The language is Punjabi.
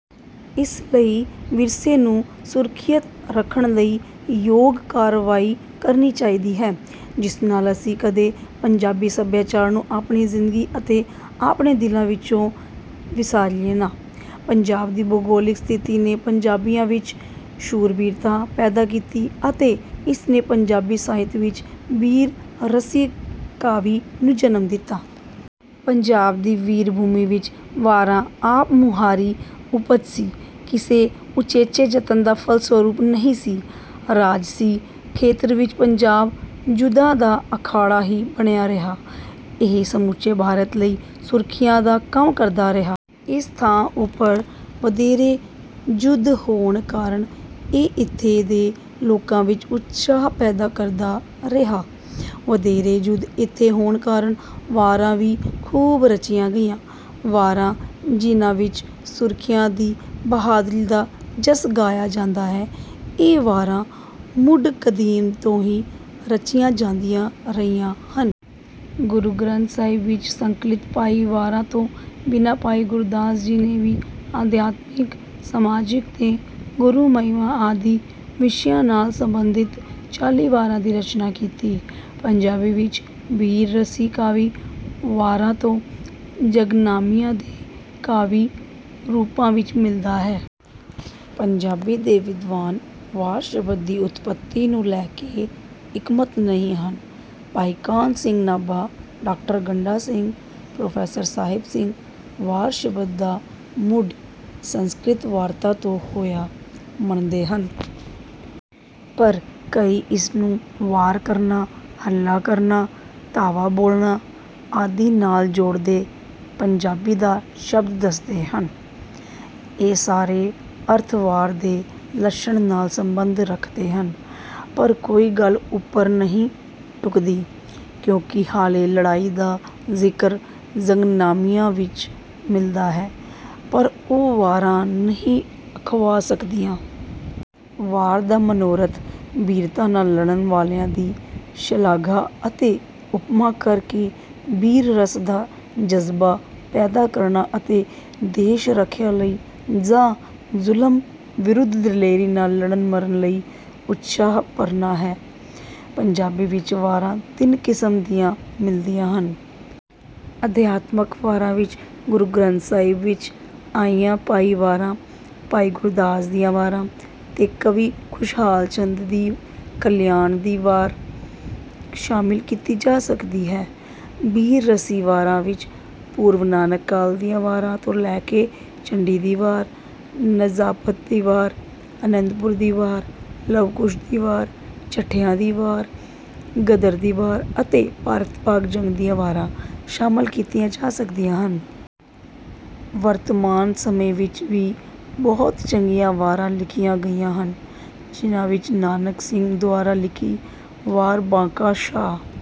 ਇਸ ਲਈ ਵਿਰਸੇ ਨੂੰ ਸੁਰੱਖਿਅਤ ਰੱਖਣ ਲਈ ਯੋਗ ਕਾਰਵਾਈ ਕਰਨੀ ਚਾਹੀਦੀ ਹੈ, ਜਿਸ ਨਾਲ ਅਸੀਂ ਕਦੇ 'ਪੰਜਾਬੀ ਸੱਭਿਆਚਾਰ' ਨੂੰ ਆਪਣੀ ਜ਼ਿੰਦਗੀ ਅਤੇ ਆਪਣੇ ਦਿਲਾਂ ਵਿੱਚੋਂ ਵਿਸਾਰੀਏ ਨਾ। ਪੰਜਾਬ ਦੀ ਭੂਗੋਲਿਕ ਸਥਿਤੀ ਨੇ ਪੰਜਾਬੀਆਂ ਵਿੱਚ ਸ਼ੂਰਬੀਰਤਾ ਪੈਦਾ ਕੀਤੀ, ਅਤੇ ਇਸ ਨੇ ਪੰਜਾਬੀ ਸਾਹਿਤ ਵਿੱਚ ਬੀਰ-ਰਸੀ ਕਾਵਿ ਨੂੰ ਜਨਮ ਦਿੱਤਾ। ਪੰਜਾਬ ਦੀ ਵੀਰ-ਭੂਮੀ ਵਿੱਚ 'ਵਾਰਾਂ' ਆਪ-ਮੁਹਾਰੀ ਉਪਜ ਸੀ, ਕਿਸੇ ਉਚੇਚੇ ਜਤਨ ਦਾ ਫਲਸਰੂਪ ਨਹੀਂ ਸੀ। ਰਾਜਸੀ ਖੇਤਰ ਵਿੱਚ ਪੰਜਾਬ ਜੁੱਧਾਂ ਦਾ ਅਖਾੜਾ ਹੀ ਬਣਿਆ ਰਿਹਾ, ਇਹ ਸਮੁੱਚੇ ਭਾਰਤ ਲਈ ਸੁਰੱਖਿਆ ਦਾ ਕੰਮ ਕਰਦਾ ਰਿਹਾ। ਇਸ ਥਾਂ ਉੱਪਰ ਵਧੇਰੇ ਜੁੱਧ ਹੋਣ ਕਾਰਨ ਇਹ ਇੱਥੇ ਦੇ ਲੋਕਾਂ ਵਿੱਚ ਉਤਸ਼ਾਹ ਪੈਦਾ ਕਰਦਾ ਰਿਹਾ। ਵਧੇਰੇ ਜੁੱਧ ਇੱਥੇ ਹੋਣ ਕਾਰਨ ਵਾਰਾਂ ਵੀ ਖੂਬ ਰਚੀਆਂ ਗਈਆਂ। ਵਾਰਾਂ, ਜਿਹਨਾਂ ਵਿੱਚ ਸੂਰਮਿਆਂ ਦੀ ਬਹਾਦਰੀ ਦਾ ਜਸ ਗਾਇਆ ਜਾਂਦਾ ਹੈ, ਇਹ ਵਾਰਾਂ ਮੁੱਢ-ਕਦੀਮ ਤੋਂ ਹੀ ਰਚੀਆਂ ਜਾਂਦੀਆਂ ਰਹੀਆਂ ਹਨ। ਗੁਰੂ ਗ੍ਰੰਥ ਸਾਹਿਬ ਵਿੱਚ ਸੰਕਲਿਤ ਬਾਈ ਵਾਰਾਂ ਤੋਂ ਬਿਨਾਂ ਭਾਈ ਗੁਰਦਾਸ ਜੀ ਨੇ ਵੀ ਅਧਿਆਤਮਿਕ, ਸਮਾਜਿਕ ਤੇ ਗੁਰੂ-ਮਹਿਮਾ ਆਦਿ ਵਿਸ਼ਿਆਂ ਨਾਲ ਸੰਬੰਧਿਤ ਚਾਲੀ ਵਾਰਾਂ ਦੀ ਰਚਨਾ ਕੀਤੀ। ਪੰਜਾਬੀ ਵਿੱਚ ਬੀਰ-ਰਸੀ ਕਾਵਿ, ਵਾਰਾਂ ਤੇ ਜੰਗਨਾਮਿਆਂ ਦੇ ਕਾਵਿ-ਰੂਪਾਂ ਵਿੱਚ ਮਿਲਦਾ ਹੈ। ਪੰਜਾਬੀ ਦੇ ਵਿਦਵਾਨ 'ਵਾਰ' ਸ਼ਬਦ ਦੀ ਉਤਪੱਤੀ ਨੂੰ ਲੈ ਕੇ ਇੱਕਮਤ ਨਹੀਂ ਹਨ। ਭਾਈ ਕਾਨ੍ਹ ਸਿੰਘ ਨਾਭਾ, ਡਾਕਟਰ ਗੰਡਾ ਸਿੰਘ, ਪ੍ਰੋਫੈਸਰ ਸਾਹਿਬ ਸਿੰਘ 'ਵਾਰ' ਸ਼ਬਦ ਦਾ ਮੁੱਢ ਸੰਸਕ੍ਰਿਤ 'ਵਾਰਤਾ' ਤੋਂ ਹੋਇਆ ਮੰਨਦੇ ਹਨ। ਪਰ ਕਈ ਇਸਨੂੰ 'ਵਾਰ ਕਰਨਾ', 'ਹੱਲਾ ਕਰਨਾ', 'ਧਾਵਾ ਬੋਲਣਾ' ਆਦਿ ਨਾਲ ਜੋੜਦੇ ਪੰਜਾਬੀ ਦਾ ਸ਼ਬਦ ਦੱਸਦੇ ਹਨ। ਇਹ ਸਾਰੇ ਅਰਥ 'ਵਾਰ' ਦੇ ਲੱਛਣ ਨਾਲ ਸੰਬੰਧ ਰੱਖਦੇ ਹਨ, ਪਰ ਕੋਈ ਗੱਲ ਉੱਪਰ ਨਹੀਂ ਢੁਕਦੀ, ਕਿਉਂਕਿ ਹਾਲੇ ਲੜਾਈ ਦਾ ਜ਼ਿਕਰ ਜੰਗਨਾਮਿਆਂ ਵਿੱਚ ਮਿਲਦਾ ਹੈ, ਪਰ ਉਹ ਵਾਰਾਂ ਨਹੀਂ ਅਖਵਾ ਸਕਦੀਆਂ। ਵਾਰ ਦਾ ਮਨੋਰਥ ਬੀਰਤਾ ਨਾਲ ਲੜਨ ਵਾਲਿਆਂ ਦੀ ਸ਼ਲਾਘਾ ਅਤੇ ਉਪਮਾ ਕਰ ਕੇ ਬੀਰ-ਰਸ ਦਾ ਜਜ਼ਬਾ ਪੈਦਾ ਕਰਨਾ ਅਤੇ ਦੇਸ਼-ਰੱਖਿਆ ਲਈ ਜਾਂ ਜ਼ੁਲਮ ਵਿਰੁੱਧ ਦਲੇਰੀ ਨਾਲ ਲੜਨ-ਮਰਨ ਲਈ ਉਤਸ਼ਾਹ ਭਰਨਾ ਹੈ। ਪੰਜਾਬੀ ਵਿੱਚ ਵਾਰਾਂ ਤਿੰਨ ਕਿਸਮ ਦੀਆਂ ਮਿਲਦੀਆਂ ਹਨ। ਅਧਿਆਤਮਕ ਵਾਰਾਂ ਵਿੱਚ ਗੁਰੂ ਗ੍ਰੰਥ ਸਾਹਿਬ ਵਿੱਚ ਆਈਆਂ ਬਾਈ ਵਾਰਾਂ, ਭਾਈ ਗੁਰਦਾਸ ਦੀਆਂ ਵਾਰਾਂ ਤੇ ਕਵੀ ਖੁਸ਼ਹਾਲ ਚੰਦ ਦੀ 'ਕਲਿਆਨ ਦੀ ਵਾਰ' ਸ਼ਾਮਿਲ ਕੀਤੀ ਜਾ ਸਕਦੀ ਹੈ। ਬੀਰ-ਰਸੀ ਵਾਰਾਂ ਵਿੱਚ ਪੂਰਵ-ਨਾਨਕ ਕਾਲ ਦੀਆਂ ਵਾਰਾਂ ਤੋਂ ਲੈ ਕੇ 'ਚੰਡੀ ਦੀ ਵਾਰ', 'ਨਜਾਬਤ ਦੀ ਵਾਰ', 'ਅਨੰਦਪੁਰ ਦੀ ਵਾਰ', 'ਲਵ-ਕੁਸ਼ ਦੀ ਵਾਰ', 'ਚੱਠਿਆਂ ਦੀ ਵਾਰ', 'ਗਦਰ ਦੀ ਵਾਰ', ਅਤੇ 'ਭਾਰਤ-ਪਾਕ ਜੰਗ ਦੀਆਂ ਵਾਰਾਂ' ਸ਼ਾਮਲ ਕੀਤੀਆਂ ਜਾ ਸਕਦੀਆਂ ਹਨ। ਵਰਤਮਾਨ ਸਮੇਂ ਵਿੱਚ ਵੀ ਬਹੁਤ ਚੰਗੀਆਂ ਵਾਰਾਂ ਲਿਖੀਆਂ ਗਈਆਂ ਹਨ, ਜਿਹਨਾਂ ਵਿੱਚ ਨਾਨਕ ਸਿੰਘ ਦੁਆਰਾ ਲਿਖੀ 'ਵਾਰ ਬਾਂਕਾ ਸ਼ਾਹ'